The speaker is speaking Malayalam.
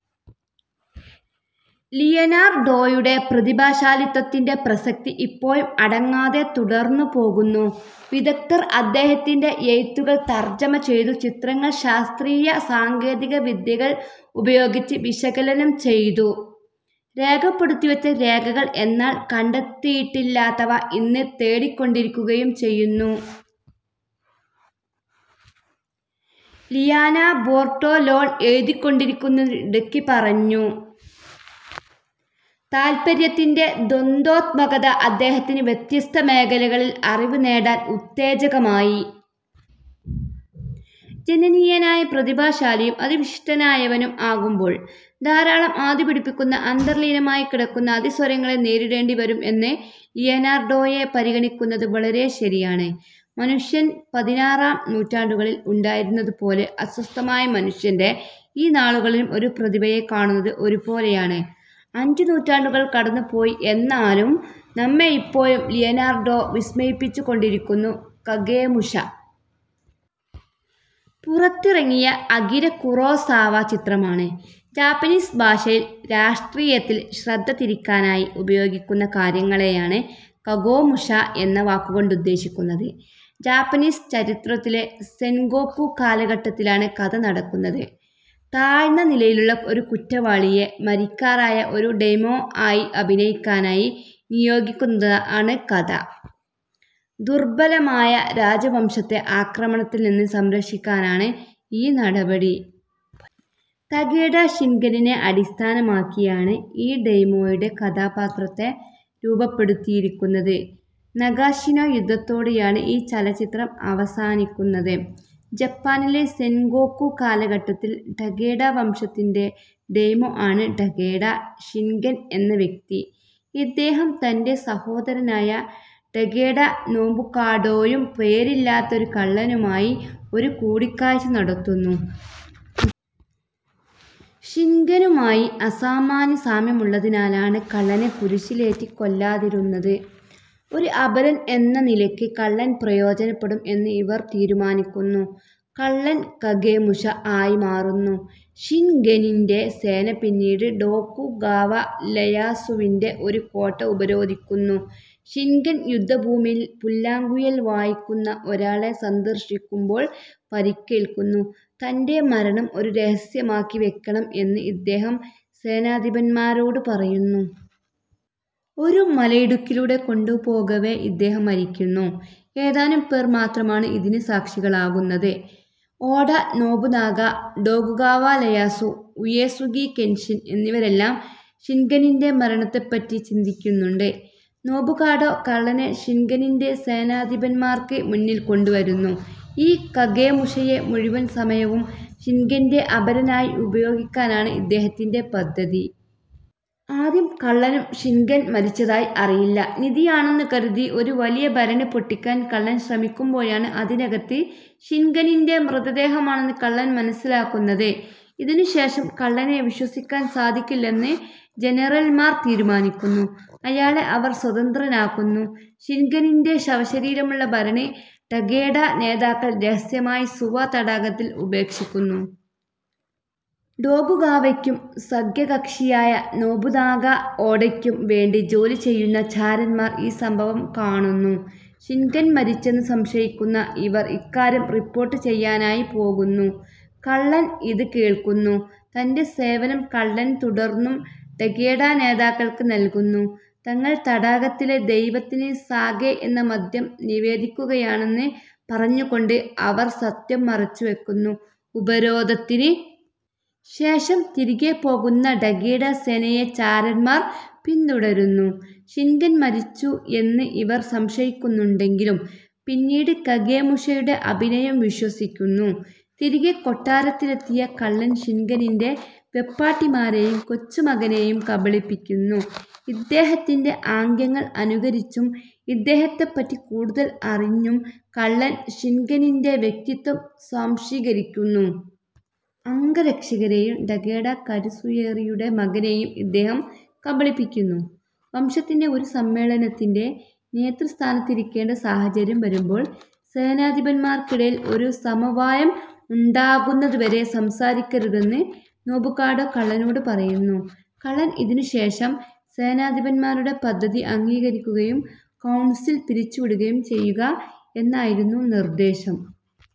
ലിയനാർഡോയുടെ പ്രതിഭാശാലിത്വത്തിൻ്റെ പ്രസക്തി ഇപ്പോഴും അടങ്ങാതെ തുടർന്നുപോകുന്നു. വിദഗ്ദ്ധർ അദ്ദേഹത്തിൻ്റെ എഴുത്തുകൾ തർജ്ജമ ചെയ്തു, ചിത്രങ്ങൾ ശാസ്ത്രീയ സാങ്കേതിക വിദ്യകൾ ഉപയോഗിച്ച് വിശകലനം ചെയ്തു. രേഖപ്പെടുത്തിവച്ച രേഖകൾ, എന്നാൽ കണ്ടെത്തിയിട്ടില്ലാത്തവ, ഇന്ന് തേടിക്കൊണ്ടിരിക്കുകയും ചെയ്യുന്നു. ലിയാനാ ബോർട്ടോലോൺ എഴുതിക്കൊണ്ടിരിക്കുന്നതിനിടയ്ക്ക് പറഞ്ഞു. താത്പര്യത്തിൻ്റെ ദ്വന്ദ്വാത്മകത അദ്ദേഹത്തിന് വ്യത്യസ്ത മേഖലകളിൽ അറിവ് നേടാൻ ഉത്തേജകമായി. ജനനീയനായ പ്രതിഭാശാലിയും അതിവിശിഷ്ടനായവനും ആകുമ്പോൾ ധാരാളം ആധിപിടിപ്പിക്കുന്ന, അന്തർലീനമായി കിടക്കുന്ന അതിസ്വരങ്ങളെ നേരിടേണ്ടി വരും എന്ന് ലിയനാർഡോയെ പരിഗണിക്കുന്നത് വളരെ ശരിയാണ്. മനുഷ്യൻ പതിനാറാം നൂറ്റാണ്ടുകളിൽ ഉണ്ടായിരുന്നതുപോലെ, അസ്വസ്ഥമായ മനുഷ്യൻ്റെ ഈ നാളുകളിലും ഒരു പ്രതിഭയെ കാണുന്നത് ഒരുപോലെയാണ്. അഞ്ച് നൂറ്റാണ്ടുകൾ കടന്നുപോയി, എന്നാലും നമ്മെയിപ്പോഴും ലിയനാർഡോ വിസ്മയിപ്പിച്ചുകൊണ്ടിരിക്കുന്നു. കഗേമുഷ പുറത്തിറങ്ങിയ അകിര കുറോസാവ ചിത്രമാണ്. ജാപ്പനീസ് ഭാഷയിൽ രാഷ്ട്രീയത്തിൽ ശ്രദ്ധതിരിക്കാനായി ഉപയോഗിക്കുന്ന കാര്യങ്ങളെയാണ് കഗേമുഷ എന്ന വാക്കുകൊണ്ടുദ്ദേശിക്കുന്നത്. ജാപ്പനീസ് ചരിത്രത്തിലെ സെൻഗോക്കു കാലഘട്ടത്തിലാണ് കഥ നടക്കുന്നത്. താഴ്ന്ന നിലയിലുള്ള ഒരു കുറ്റവാളിയെ മരിക്കാറായ ഒരു ഡേയ്മ്യോ ആയി അഭിനയിക്കാനായി നിയോഗിക്കുന്നതാണ് കഥ. ദുർബലമായ രാജവംശത്തെ ആക്രമണത്തിൽ നിന്ന് സംരക്ഷിക്കാനാണ് ഈ നടപടി. തകേഡ ഷിൻഗെനിനെ അടിസ്ഥാനമാക്കിയാണ് ഈ ഡേയ്മ്യോയുടെ കഥാപാത്രത്തെ രൂപപ്പെടുത്തിയിരിക്കുന്നത്. നഗാഷിനോ യുദ്ധത്തോടെയാണ് ഈ ചലച്ചിത്രം അവസാനിക്കുന്നത്. ജപ്പാനിലെ സെൻഗോക്കു കാലഘട്ടത്തിൽ ടകേഡ വംശത്തിൻ്റെ ഡേയ്മ്യോ ആണ് ടകേഡ ഷിൻഗെൻ എന്ന വ്യക്തി. ഇദ്ദേഹം തൻ്റെ സഹോദരനായ ടകേഡ നോബുകാഡോയും പേരില്ലാത്ത ഒരു കള്ളനുമായി ഒരു കൂടിക്കാഴ്ച നടത്തുന്നു. ഷിൻഗെനുമായി അസാമാന്യ സാമ്യമുള്ളതിനാലാണ് കള്ളനെ കുരിശിലേറ്റി കൊല്ലാതിരുന്നത്. ഒരു അപരൻ എന്ന നിലയ്ക്ക് കള്ളൻ പ്രയോജനപ്പെടും എന്ന് ഇവർ തീരുമാനിക്കുന്നു. കള്ളൻ കഗേമുഷ ആയിമാറുന്നു. ഷിൻഗെനിൻ്റെ സേന പിന്നീട് ടോകുഗാവ ലെയാസുവിൻ്റെ ഒരു കോട്ട ഉപരോധിക്കുന്നു. ഷിൻഗെൻ യുദ്ധഭൂമിയിൽ പുല്ലാങ്കുഴൽ വായിക്കുന്ന ഒരാളെ സന്ദർശിക്കുമ്പോൾ പരിക്കേൽക്കുന്നു. തൻ്റെ മരണം ഒരു രഹസ്യമാക്കി വയ്ക്കണം എന്ന് ഇദ്ദേഹം സേനാധിപന്മാരോട് പറയുന്നു. ഒരു മലയിടുക്കിലൂടെ കൊണ്ടുപോകവേ ഇദ്ദേഹം മരിക്കുന്നു. ഏതാനും പേർ മാത്രമാണ് ഇതിന് സാക്ഷികളാകുന്നത്. Oda Nobunaga, Tokugawa Ieyasu, Uesugi Kenshin എന്നിവരെല്ലാം ഷിൻഗെനിൻ്റെ മരണത്തെപ്പറ്റി ചിന്തിക്കുന്നുണ്ട്. നൊബുകാഡോ കള്ളനെ ഷിൻഗെനിൻ്റെ സേനാധിപന്മാർക്ക് മുന്നിൽ കൊണ്ടുവരുന്നു. ഈ കഗേമുഷയെ മുഴുവൻ സമയവും ഷിൻഗെൻ്റെ അപരനായി ഉപയോഗിക്കാനാണ് ഇദ്ദേഹത്തിൻ്റെ പദ്ധതി. ആദ്യം കള്ളനും ഷിൻഗെൻ മരിച്ചതായി അറിയില്ല. നിധിയാണെന്ന് കരുതി ഒരു വലിയ ഭരണി പൊട്ടിക്കാൻ കള്ളൻ ശ്രമിക്കുമ്പോഴാണ് അതിനകത്ത് ഷിൻഗെനിൻ്റെ മൃതദേഹമാണെന്ന് കള്ളൻ മനസ്സിലാക്കുന്നത്. ഇതിനുശേഷം കള്ളനെ വിശ്വസിക്കാൻ സാധിക്കില്ലെന്ന് ജനറൽമാർ തീരുമാനിക്കുന്നു. അയാളെ അവർ സ്വതന്ത്രനാക്കുന്നു. ഷിൻഗെനിൻ്റെ ശവശരീരമുള്ള ഭരണി ടകേഡ നേതാക്കൾ രഹസ്യമായി സുവ തടാകത്തിൽ ഉപേക്ഷിക്കുന്നു. ടോകുഗാവയ്ക്കും സഖ്യകക്ഷിയായ നോബുനാഗ ഓഡയ്ക്കും വേണ്ടി ജോലി ചെയ്യുന്ന ചാരന്മാർ ഈ സംഭവം കാണുന്നു. ഷിൻഗെൻ മരിച്ചെന്ന് സംശയിക്കുന്ന ഇവർ ഇക്കാര്യം റിപ്പോർട്ട് ചെയ്യാനായി പോകുന്നു. കള്ളൻ ഇത് കേൾക്കുന്നു. തൻ്റെ സേവനം കള്ളൻ തുടർന്നും ടകേഡ നേതാക്കൾക്ക് നൽകുന്നു. തങ്ങൾ തടാകത്തിലെ ദൈവത്തിന് സാകെ എന്ന മദ്യം നിവേദിക്കുകയാണെന്ന് പറഞ്ഞുകൊണ്ട് അവർ സത്യം മറച്ചുവയ്ക്കുന്നു. ഉപരോധത്തിന് ശേഷം തിരികെ പോകുന്ന ടകേഡ സേനയെ ചാരന്മാർ പിന്തുടരുന്നു. ഷിൻഗെൻ മരിച്ചു എന്ന് ഇവർ സംശയിക്കുന്നുണ്ടെങ്കിലും പിന്നീട് കഗേമുഷയുടെ അഭിനയം വിശ്വസിക്കുന്നു. തിരികെ കൊട്ടാരത്തിലെത്തിയ കള്ളൻ ഷിൻഗെനിൻ്റെ വെപ്പാട്ടിമാരെയും കൊച്ചുമകനെയും കബളിപ്പിക്കുന്നു. ഇദ്ദേഹത്തിൻ്റെ ആംഗ്യങ്ങൾ അനുകരിച്ചും ഇദ്ദേഹത്തെപ്പറ്റി കൂടുതൽ അറിഞ്ഞും കള്ളൻ ഷിൻഗെനിൻ്റെ വ്യക്തിത്വം സ്വാംശീകരിക്കുന്നു. അംഗരക്ഷകരെയും ടകേഡ കറ്റ്സുയോറിയുടെ മകനെയും ഇദ്ദേഹം കബളിപ്പിക്കുന്നു. വംശത്തിൻ്റെ ഒരു സമ്മേളനത്തിൻ്റെ നേതൃസ്ഥാനത്തിരിക്കേണ്ട സാഹചര്യം വരുമ്പോൾ സേനാധിപന്മാർക്കിടയിൽ ഒരു സമവായം ഉണ്ടാകുന്നതുവരെ സംസാരിക്കരുതെന്ന് നോബുകാഡോ കള്ളനോട് പറയുന്നു. കള്ളൻ ഇതിനുശേഷം സേനാധിപന്മാരുടെ പദ്ധതി അംഗീകരിക്കുകയും കൗൺസിൽ പിരിച്ചുവിടുകയും ചെയ്യുക എന്നായിരുന്നു നിർദ്ദേശം.